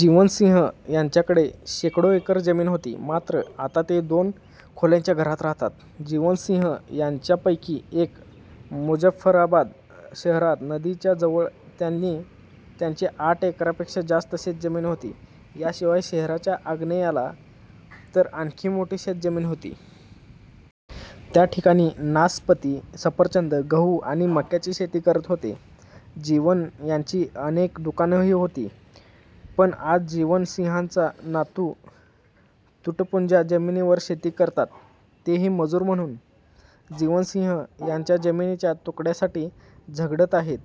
जीवन सिंह यांच्याकडे शेकडो एकर जमीन होती मात्र आता ते दोन खोल्यांच्या घरात राहतात. जीवन सिंह यांच्यापैकीच एक. मुजफ्फराबाद शहरात नदीच्या जवळ त्यांची आठ एकरापेक्षा जास्त शेतजमीन होती. याशिवाय शहराच्या आग्नेयाला तर आणखी मोठी शेतजमीन होती. त्या ठिकाणी नासपती, सफरचंद, गहू आणि मक्याची शेती करत होते. जीवन यांची अनेक दुकानंही होती. पण आज जीवन सिंहांचा नातू तुटपुंज्या जमिनीवर शेती करतात तेही मजूर म्हणून. जीवन सिंह ज्या जमिनीच्या तुकड्यासाठी झगडत आहेत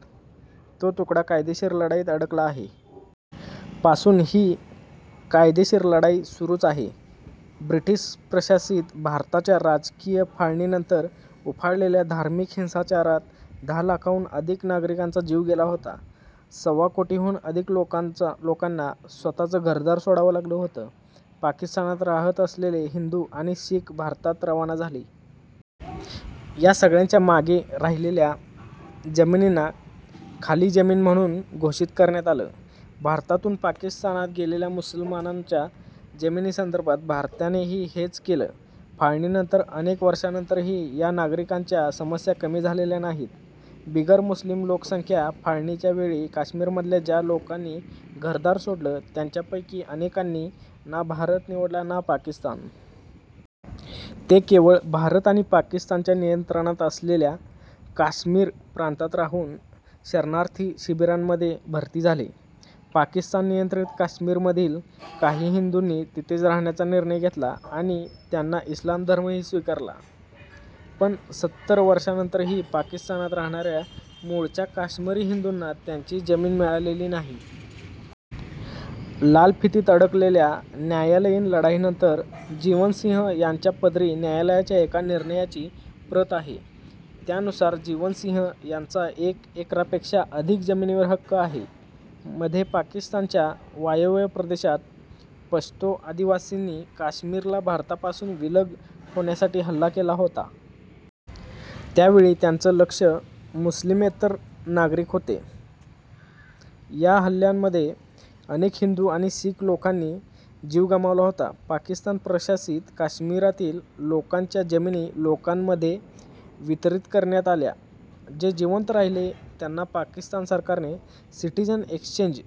तो तुकडा कायदेशीर लढाईत अडकला आहे. पासून ही कायदेशीर लढाई सुरूच आहे. ब्रिटिशप्रशासित भारताच्या राजकीय फाळणीनंतर उफाळलेल्या धार्मिक हिंसाचारात दहा लाखांहून अधिक नागरिकांचा जीव गेला होता. सव्वा कोटीहून अधिक लोकांना स्वत:चं घरदार सोडावं लागलं होतं. पाकिस्तानात राहात असलेले हिंदू आणि शीख भारतात रवाना झाले. या सगळ्यांच्या मागे राहिलेल्या जमिनींना खाली जमीन म्हणून घोषित करण्यात आलं. भारतातून पाकिस्तानात गेलेल्या मुसलमानांच्या जमिनीसंदर्भात भारतानेही हेच केलं. फाळणीनंतर अनेक वर्षांनंतरही या नागरिकांच्या समस्या कमी झालेल्या नाहीत. बिगरमुस्लीम लोकसंख्या फाळणीच्या वेळी काश्मीरमधल्या ज्या लोकांनी घरदार सोडलं त्यांच्यापैकी अनेकांनी ना भारत निवडला ना पाकिस्तान. ते केवळ भारत आणि पाकिस्तानच्या नियंत्रणात असलेल्या काश्मीर प्रांतात राहून शरणार्थी शिबिरांमध्ये भरती झाले. पाकिस्तान नियंत्रित काश्मीरमधील काही हिंदूंनी तिथेच राहण्याचा निर्णय घेतला आणि त्यांनी इस्लाम धर्मही स्वीकारला. पण सत्तर वर्षांनंतरही पाकिस्तानात राहणाऱ्या मूळच्या काश्मिरी हिंदूंना त्यांची जमीन मिळालेली नाही. लालफितीत अडकलेल्या न्यायालयीन लढाईनंतर जीवन सिंह यांच्या पदरी न्यायालयाच्या एका निर्णयाची प्रत आहे. त्यानुसार जीवन सिंह यांचा एक एकरापेक्षा अधिक जमिनीवर हक्क आहे. मध्ये पाकिस्तानच्या वायव्य प्रदेशात पश्तो आदिवासींनी काश्मीरला भारतापासून विलग होण्यासाठी हल्ला केला होता. त्यावेळी त्यांचं लक्ष्य मुस्लिमेतर नागरिक होते. या हल्ल्यांमध्ये अनेक हिंदू आणि शीख लोकांनी जीव गमावला होता. पाकिस्तान प्रशासित काश्मीरातील लोकांच्या जमिनी लोकांमध्ये वितरीत करण्यात आल्या. जे जिवंत राहिले, त्यांना पाकिस्तान सरकारने 'सिटीझन एक्सचेंज'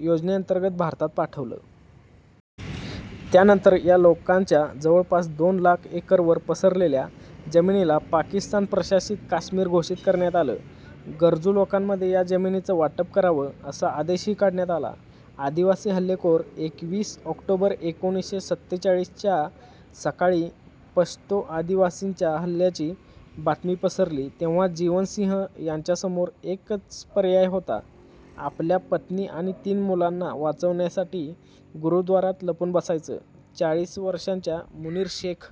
योजनेअंतर्गत भारतात पाठवलं. त्यानंतर या लोकांच्या जवळपास दोन लाख एकरवर पसरलेल्या जमिनीला पाकिस्तान प्रशासित काश्मीर घोषित करण्यात आलं. गरजू लोकांमध्ये या जमिनीचं वाटप करावं, असा आदेशही काढण्यात आला. आदिवासी हल्लेखोर एकवीस ऑक्टोबर एकोणीसशे सत्तेचाळीस च्या सकाळी पश्तो आदिवासींच्या हल्ल्याची बातमी पसरली तेव्हा जीवन सिंह यांच्यासमोर एकच पर्याय होता आपल्या पत्नी आणि तीन मुलांना वाचवण्यासाठी गुरुद्वारात लपून बसायचं. चाळीस वर्षांच्या मुनीर शेख